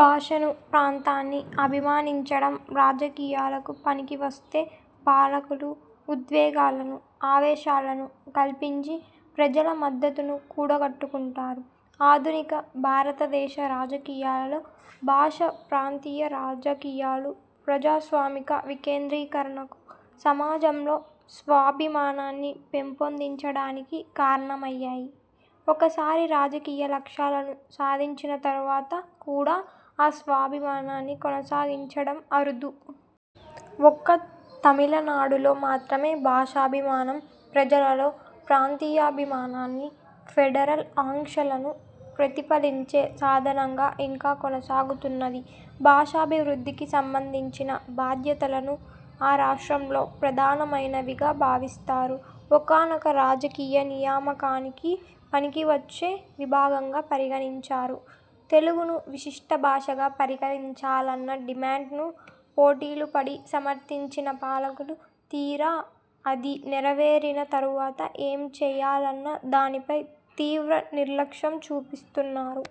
భాషను, ప్రాంతాన్ని అభిమానించడం రాజకీయాలకు పనికివస్తే పాలకులు, ఉద్వేగాలను, ఆవేశాలను కల్పించి ప్రజల మద్దతును కూడగట్టుకుంటారు. ఆధునిక భారతదేశ రాజకీయాలలో భాషాప్రాంతీయ రాజకీయాలు ప్రజాస్వామిక వికేంద్రీకరణకు, సమాజంలో స్వాభిమానాన్ని పెంపొందించడానికి కారణమయ్యాయి. ఒకసారి రాజకీయ లక్ష్యాలను సాధించిన తరువాత కూడా ఆ స్వాభిమానాన్ని కొనసాగించడం అరుదు. ఒక్క తమిళనాడులో మాత్రమే భాషాభిమానం ప్రజలలో ప్రాంతీయాభిమానాన్ని, ఫెడరల్ ఆకాంక్షలను ప్రతిఫలించే సాధనంగా ఇంకా కొనసాగుతున్నది. భాషాభివృద్ధికి సంబంధించిన బాధ్యతలను ఆ రాష్ట్రంలో ప్రధానమైనవిగా భావిస్తారు. ఒకానొక రాజకీయ నియామకానికి పనికివచ్చే విభాగంగా పరిగణించరు. తెలుగును విశిష్ట భాషగా పరిగణించాలన్న డిమాండ్ను పోటీలుపడి సమర్థించిన పాలకులు, తీరా అది నెరవేరిన తరువాత ఏమి చేయాలన్న దానిపై తీవ్రనిర్లక్ష్యం చూపిస్తున్నారు.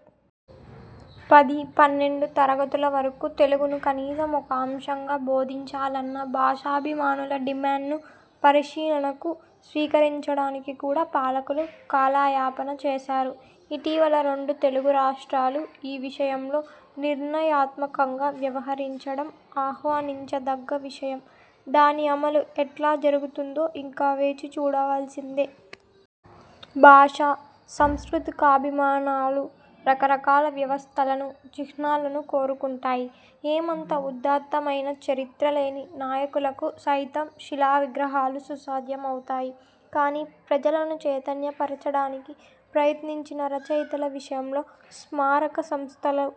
పది, పన్నెండు తరగతుల వరకు తెలుగును కనీసం ఒక అంశంగా బోధించాలన్న భాషాభిమానుల డిమాండ్ను పరిశీలనకు స్వీకరించడానికి కూడా పాలకులు కాలయాపన చేశారు. ఇటీవల రెండు తెలుగు రాష్ట్రాలు ఈ విషయంలో నిర్ణయాత్మకంగా వ్యవహరించడం ఆహ్వానించదగ్గ విషయం. దాని అమలు ఎట్లా జరుగుతుందో ఇంకా వేచి చూడవలసిందే. భాషా సాంస్కృతికాభిమానాలు రకరకాల వ్యవస్థలను, చిహ్నాలను కోరుకుంటాయి. ఏమంత ఉదాత్తమయిన చరిత్రలేని నాయకులకు సైతం శిలావిగ్రహాలు సుసాధ్యమవుతాయి కానీ, ప్రజలను చైతన్యపరచడానికి ప్రయత్నించిన రచయితల విషయంలో స్మారక సంస్థలను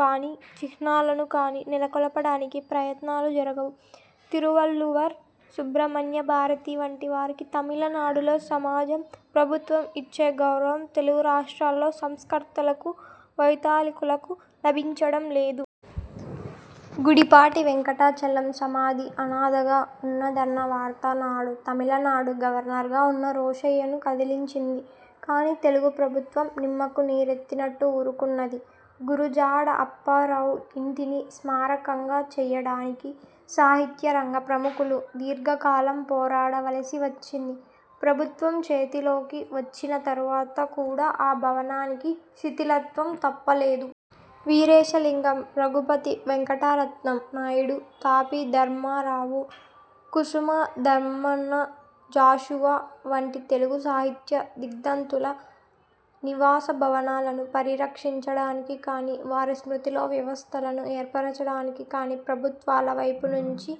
కానీ, చిహ్నాలను కానీ నెలకొల్పడానికి ప్రయత్నాలు జరగవు. తిరువళ్లువర్, సుబ్రహ్మణ్యభారతి వంటి వారికి తమిళనాడులో సమాజం, ప్రభుత్వం ఇచ్చే గౌరవం తెలుగు రాష్ట్రాలలో సంస్కర్తలకు, వైతాళికులకు లభించడం లేదు. గుడిపాటి వెంకటచలం సమాధి అనాథగా ఉన్నదన్న వార్త, నాడు తమిళనాడు గవర్నర్గా ఉన్న రోశయ్యను కదిలించింది కానీ, తెలుగు ప్రభుత్వం నిమ్మకు నీరెత్తినట్టు ఊరుకున్నది. గురజాడ అప్పారావు ఇంటిని స్మారకంగా చేయడానికి సాహిత్యరంగ ప్రముఖులు దీర్ఘకాలం పోరాడవలసి వచ్చింది. ప్రభుత్వం చేతిలోకి వచ్చిన తరువాత కూడా ఆ భవనానికి శిథిలత్వం తప్పలేదు. వీరేశలింగం, రఘుపతి వెంకటరత్నం నాయుడు, తాపీధర్మారావు, కుసుమధర్మన్న, జాషువా వంటి తెలుగు సాహిత్య దిగ్దంతుల నివాసభవనాలను పరిరక్షించడానికి కానీ, వారి స్మృతిలో వ్యవస్థలను ఏర్పరచడానికి కానీ ప్రభుత్వాలవైపు నుంచి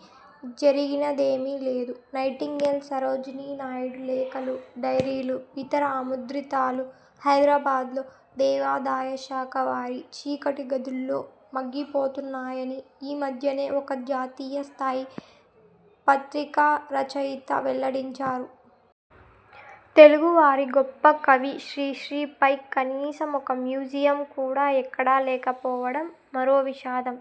జరిగినదేమీ లేదు. నైటింగేల్ సరోజినీ నాయుడు లేఖలు, డైరీలు, ఇతర అముద్రితాలు హైదరాబాద్లో దేవాదాయశాఖవారి చీకటి గదుల్లో మగ్గిపోతున్నాయని ఈ మధ్యనే ఒక జాతీయస్థాయి పత్రికారచయిత వెల్లడించారు. తెలుగువారి గొప్ప కవి శ్రీశ్రీ పై కనీసం ఒక మ్యూజియం కూడా ఎక్కడా లేకపోవడం మరో విషాదం.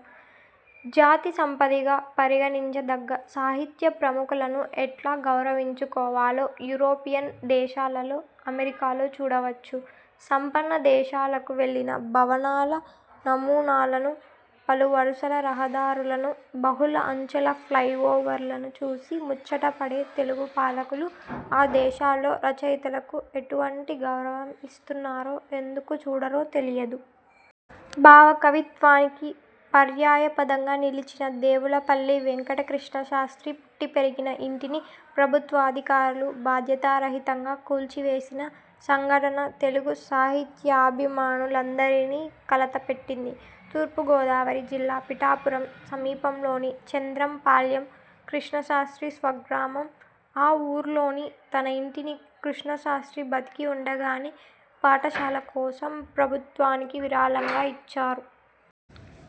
జాతి సంపదగా పరిగణించదగ్గ సాహిత్య ప్రముఖులను ఎట్లా గౌరవించుకోవాలో, యూరోపియన్ దేశాల్లో, అమెరికాలో చూడవచ్చు. సంపన్న దేశాలకు వెళ్లి భవనాల నమూనాలను, పలువరుసల రహదారులను, బహుళ అంచెల ఫ్లయి ఓవర్లను చూసి ముచ్చటపడే తెలుగు పాలకులు, ఆ దేశాల్లో రచయితలకు ఎటువంటి గౌరవం ఇస్తున్నారో ఎందుకు చూడరో తెలియదు. భావకవిత్వానికి పర్యాయపదంగా నిలిచిన దేవులపల్లి వేంకట కృష్ణశాస్త్రి పుట్టిపెరిగిన ఇంటిని ప్రభుత్వాధికారులు బాధ్యతారహితంగా కూల్చివేసిన సంఘటన తెలుగు సాహిత్యాభిమానులందరినీ కలతపెట్టింది. తూర్పుగోదావరి జిల్లా పిఠాపురం సమీపంలోని చంద్రంపాలెం కృష్ణశాస్త్రి స్వగ్రామం. ఆ ఊర్లోని తన ఇంటిని కృష్ణశాస్త్రి బతికి ఉండగానే పాఠశాల కోసం ప్రభుత్వానికి విరాళంగా ఇచ్చారు.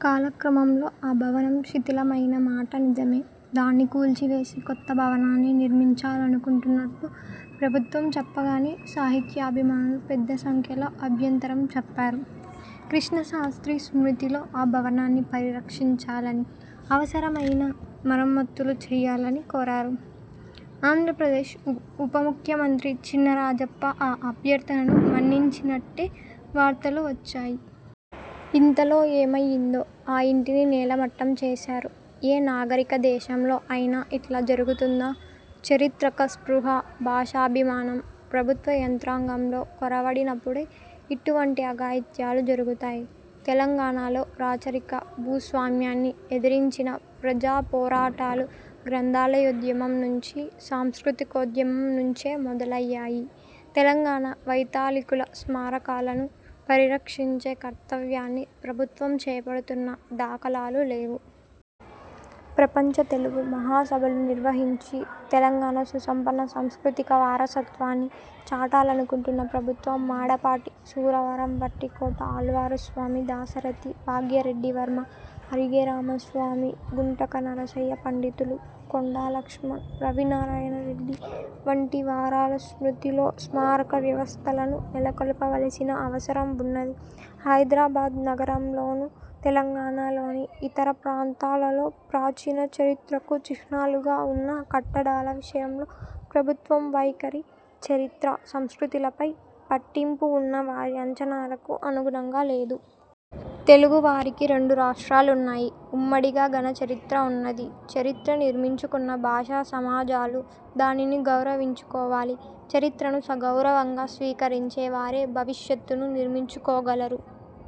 కాలక్రమంలో ఆ భవనం శిథిలమయిన మాట నిజమే. దాన్ని కూల్చివేసి, కొత్త భవనాన్ని నిర్మించాలనుకుంటున్నట్టు ప్రభుత్వం చెప్పగానే, సాహిత్యాభిమానులు పెద్దసంఖ్యలో అభ్యంతరం చెప్పారు. కృష్ణశాస్త్రి స్మృతిలో ఆ భవనాన్ని పరిరక్షించాలని, అవసరమైన మరమ్మత్తులు చేయాలని కోరారు. ఆంధ్రప్రదేశ్ ఉపముఖ్యమంత్రి చినరాజప్ప ఆ అభ్యర్థనను మన్నించినట్టే వార్తలు వచ్చాయి. ఇంతలో ఏమయిందో, ఆ ఇంటిని నేలమట్టం చేశారు. ఏ నాగరికదేశంలో అయినా ఇట్లా జరుగుతుందా? చారిత్రక స్పృహ, భాషాభిమానం ప్రభుత్వయంత్రాంగంలో కొరవడినప్పుడే ఇటువంటి అఘాయిత్యాలు జరుగుతాయి. తెలంగాణలో రాచరిక భూస్వామ్యాన్ని ఎదిరించిన ప్రజాపోరాటాలు గ్రంథాలయోద్యమం నుంచి, సాంస్కృతికోద్యమం నుంచే మొదలయ్యాయి. తెలంగాణ వైతాళికుల స్మారకాలను పరిరక్షించే కర్తవ్యాన్ని ప్రభుత్వం చేపడుతున్న దాఖలాలు లేవు. ప్రపంచ తెలుగు మహాసభలు నిర్వహించి, తెలంగాణ సుసంపన్న సాంస్కృతిక వారసత్వాన్ని చాటాలనుకుంటున్న ప్రభుత్వం మాడపాటి, సురవరం, వట్టికోట ఆళ్వారుస్వామి, దాశరథి, భాగ్యరెడ్డివర్మ, అరిగే రామస్వామి, గుంటక నరసయ్య పంతులు, కొండాలక్ష్మణ్, రావినారాయణరెడ్డి వంటి వారల స్మృతిలో స్మారక వ్యవస్థలను నెలకొల్పవలసిన అవసరం ఉన్నది. హైదరాబాద్ నగరంలోను, తెలంగాణలోని ఇతర ప్రాంతాలలో ప్రాచీన చరిత్రకు చిహ్నాలుగా ఉన్న కట్టడాల విషయంలో ప్రభుత్వం వైఖరి, చరిత్ర, సంస్కృతిలపై పట్టింపు ఉన్నవారి ఆంచనాలకు అనుగుణంగా లేదు. తెలుగువారికి రెండు రాష్ట్రాలున్నాయి. ఉమ్మడిగా ఘనచరిత్ర ఉన్నది. చరిత్ర నిర్మించుకున్న భాషాసమాజాలు దానిని గౌరవించుకోవాలి. చరిత్రను సగౌరవంగా స్వీకరించేవారే భవిష్యత్తునూ నిర్మించుకోగలరు.